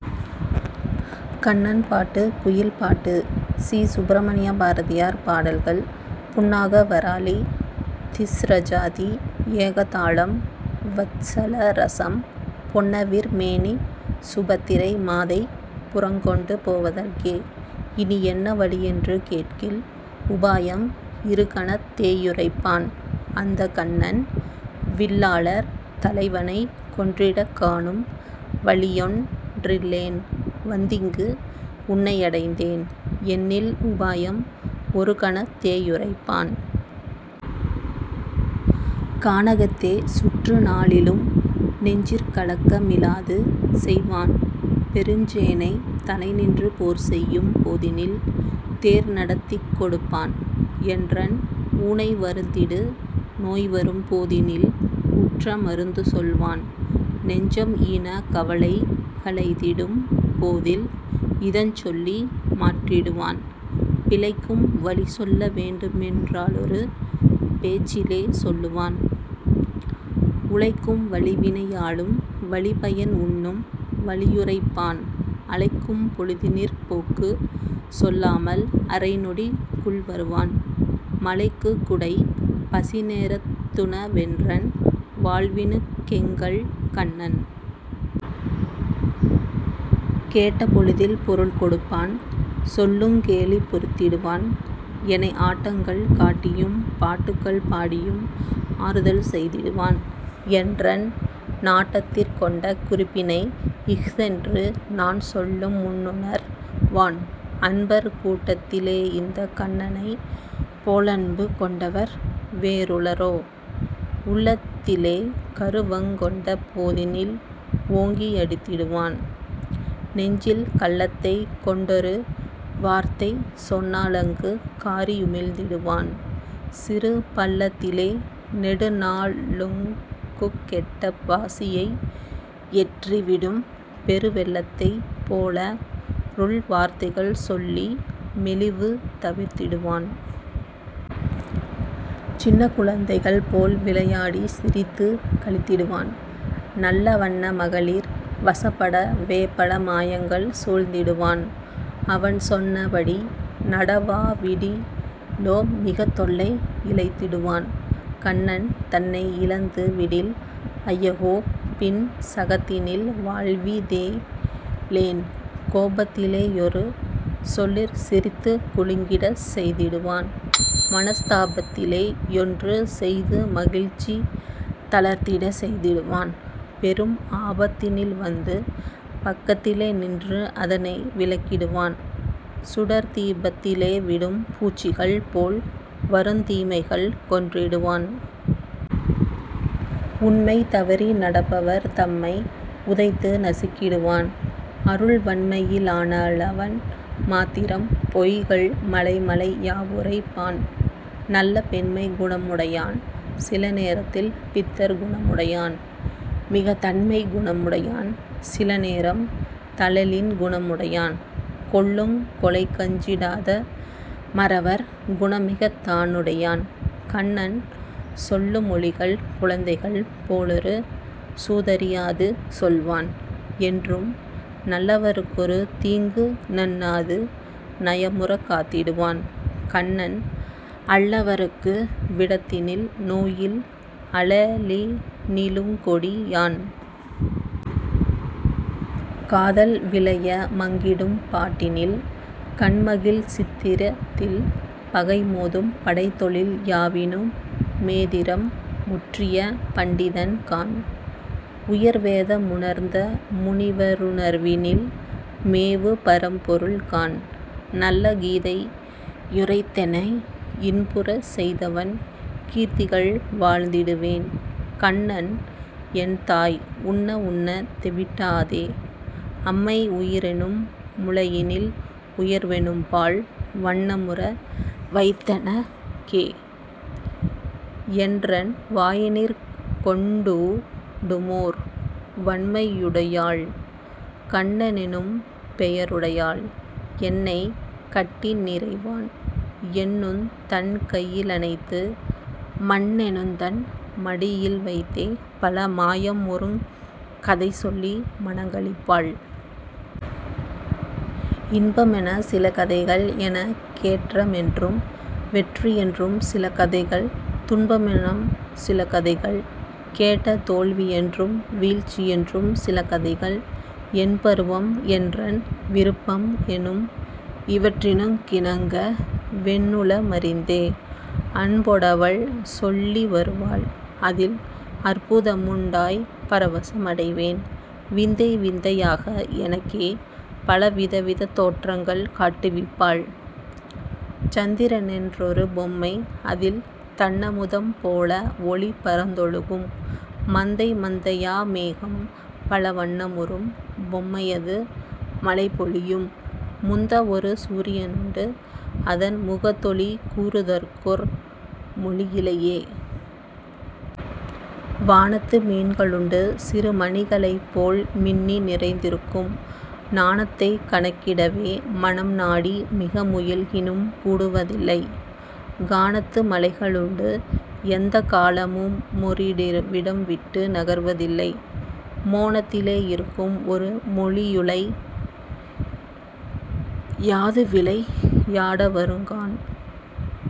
கண்ணன் பாட்டு, குயில் பாட்டு சி. சுப்ரமணிய பாரதியார் பாடல்கள் புன்னாகவராளி திஸ்ரஜாதி ஏகதாளம் வத்ஸல ரசம் பொன்னவிர் மேனிச் சுபத்திரை மாதைப் புறங்கொண்டு போவ தற்கே இனி என்ன வழியென்று கேட்கில், உபாயம் இருகணத் தேயுரைப் பான்; அந்தக் ''கன்னன் வில்லாளர் தலைவனைக் கொன்றிடக் காணும் வழியொன் றில்லேன் வந்திங்கு உன்னை யடைந்தேன்'' என்னில் உபாயம் ஒருகணத் தேயுரைப் பான். கானகத்தே சுற்று நாளிலும் நெஞ்சிற் கலக்க மிலாதுசெய் வான்; பெருஞ் சேனைத் தலைநின்று போர்செய்யும் போதினில் தேர்நடத் திக்கொடுப் பான்; என்றன் ஊனை வருத்திடு நோய்வரும் போதினில் உற்ற மருந்துசொல் வான்; நெஞ்சம் ஈனக் கவலைக ளெய்திடும் போதில் இதஞ்சொல்லி மாற்றிடு வான். பிழைக்கும் வழிசொல்ல வேண்டுமென் றாலொரு பேச்சினி லேசொல்லுவான்; உழைக்கும் வழிவினை யாளும் வழிபயன் உண்ணும் வழியுரைப் பான்; அழைக்கும் பொழுதினிற் போக்குச் சொல்லாமல் அரைநொடிக் குள்வருவான்; மழைக்குக் குடை, பசிநேரத் துணவென்றன் வாழ்வினுக் கெங்கள்கண் ணன். கேட்டபொழுதில் பொருள் கொடுப்பான்; சொல்லுங் கேலி பொறுத்திடு வான்; எனை ஆட்டங்கள் காட்டியும் பாட்டுக்கள் பாடியும் ஆறுதல் செய்திடுவான்; என்றன் நாட்டத்திற் கொண்ட குறிப்பினை இஃதென்று நான்சொல்லும் முன்னுணர் வான்; அன்பர் கூட்டத்தி லேயிந்தக் கண்ணனைப் போலன்பு கொண்டவர் வேறுள ரோ? உள்ளத்தி லேகரு வங்கொண்ட போதினில் ஓங்கி யடித் திடுவான்; நெஞ்சில் கள்ளத்தைக் கொண்டொரு வார்த்தைசொன் னாலங்கு காறி யுமிழ்ந்திடு வான்; சிறு பள்ளத்தி லேநெடு நாளழு குங்கெட்ட பாசியை யெற்றி விடும் பெரு வெள்ளத்தைப் போலருள் வார்த்தைகள் சொல்லி மெலிவு தவிர்த்திடு வான். சின்னக் குழந்தைகள் போல்விளை யாடிச் சிரித்துக் களித்திடு வான்; நல்ல வன்ன மகளிர் வசப்பட வேபல மாயங்கள் சூழ்ந்திடு வான்; அவன் சொன்ன படிநட வாவிடி லோமிகத் தொல்லை யிழைத்திடு வான்; கண்ணன் தன்னை யிழந்து விடில், ஐயகோ! பின் சகத்தினில் வாழ்வதி லேன். கோபத்தி லேயொரு சொல்லிற் சிரித்துக் குலுங்கிடச் செய்திடு வான்; மனஸ் தாபத்திலே யொன்று செய்து மகிழ்ச்சி தளிர்த்திடச் செய்திடுவான்; பெரும் ஆபத்தி னில்வந்து பக்கத்தி லேநின்று அதனை விலக்கிடு வான்; சுடர்த் தீபத்தி லேவிடும் பூச்சிகள் போல்வருந் தீமைகள் கொன்றிடு வான். உண்மை தவறி நடப்பவர் தம்மை உதைத்து நசுக்கிடுவான்; அருள் வண்மையி னாலவன் மாத்திரம் பொய்கள் மலைமலை யாவுரைப் பான்; நல்ல பெண்மைக் குணமுடை யான்; சில நேரத்தில் பித்தர் குணமுடை யான்; மிகத் தண்மைக் குணமுடை யான்; சில நேரம் தழலின் குணமுடை யான். கொல்லுங் கொலைக்கஞ்சி டாத மறவர் குணமிகத் தானுடை யான்; கண்ணன் சொல்லு மொழிகள் குழந்தைகள்; போலொரு சூதறி யாதுசொல் வான்; என்றும் நல்லவ ருக்கொரு தீங்கு நண்ணாது நயமுறக் காத்திடு வான்; கண்ணன் அல்லவ ருக்கு விடத்தினில் நோயில் அழலினி லுங்கொடி யான். காதல் விளைய மயக்கிடும் பாட்டினில் கண்மகிழ் சித்திரத் தில் பகை மோதும் படைத்தொழில் யாவினு மேதிறம் முற்றிய பண்டிதன் காண்; உயர் வேத முணர்ந்த முனிவ ருணர்வினில் மேவு பரம்பொருள் காண்; நல்ல கீதை யுரைத்தெனை இன்புறச் செய்தவன் கீர்த்திகள் வாழ்த்திடு வேன்.. கண்ணன் என் தாய் உண்ண உண்ணத் தெவிட்டாதே அம்மை உயிரெனும் முலையினில் உயர்வெனும் பால்; வண்ணமுற வைத்தெனக் கே என்றன் வாயினிற்கொண் டூட்டுமோர் வண்மையுடையாள், கண்ணனெனும் பெயருடையாள், என்னை கட்டிநிறை வான் எனுந்தன் கையி லணைத்து மண்ணெனுந்தன் மடியில்வைத்தே பல மாயமுறுங் கதைசொல்லி மனங்களிப் பாள். இன்பமெனச் சிலகதைகள் எனக் கேற்றமென்றும் வெற்றி யென்றும் சில கதைகள் துன்பமெனச் சில கதைகள் கெட்ட தோல்வியென்றும் வீழ்ச்சியென்றும் சில கதைகள் என்பருவம் என்றன் விருப்பம் எனும் இவற்றினுக் கிணங்கவென் னுளமறிந்தே அன்பொடவள் சொல்லிவரு வாள்; அதில் அற்புதமுண் டாய்ப்பர வசமடைவேன். விந்தைவிந்தை யாக எனக்கே பல விதவிதத் தோற்றங்கள் காட்டுவிப் பாள்; சந்திரனென் றொரு பொம்மை அதில் தண்ணமுதம் போலஒளி பரந்தொழுகும்; மந்தை மந்தையா மேகம் பல வண்ணமுறும் பொம்மையது மழைபொழியும்; முந்தஒரு சூரியனுண்டு அதன் முகத் தொளி கூறுதற்கொர் மொழியிலை யே. வானத்து மீன்க ளுண்டு சிறு மணிகளைப் போல்மின்னி நிறைந்திருக்கும்; நானத்தைக் கணக்கிடவே மனம் நாடிமிக முயல்கினும் கூடுவதில்லை; கானத்து மலைக ளுண்டு எந்தக் காலமுமொ ரிடம்விட்டு நகர்வதில்லை; மோனத்தி லேயிருக்கும் ஒரு மொழியுலை யாதுவிளை யாடவருங் காண்.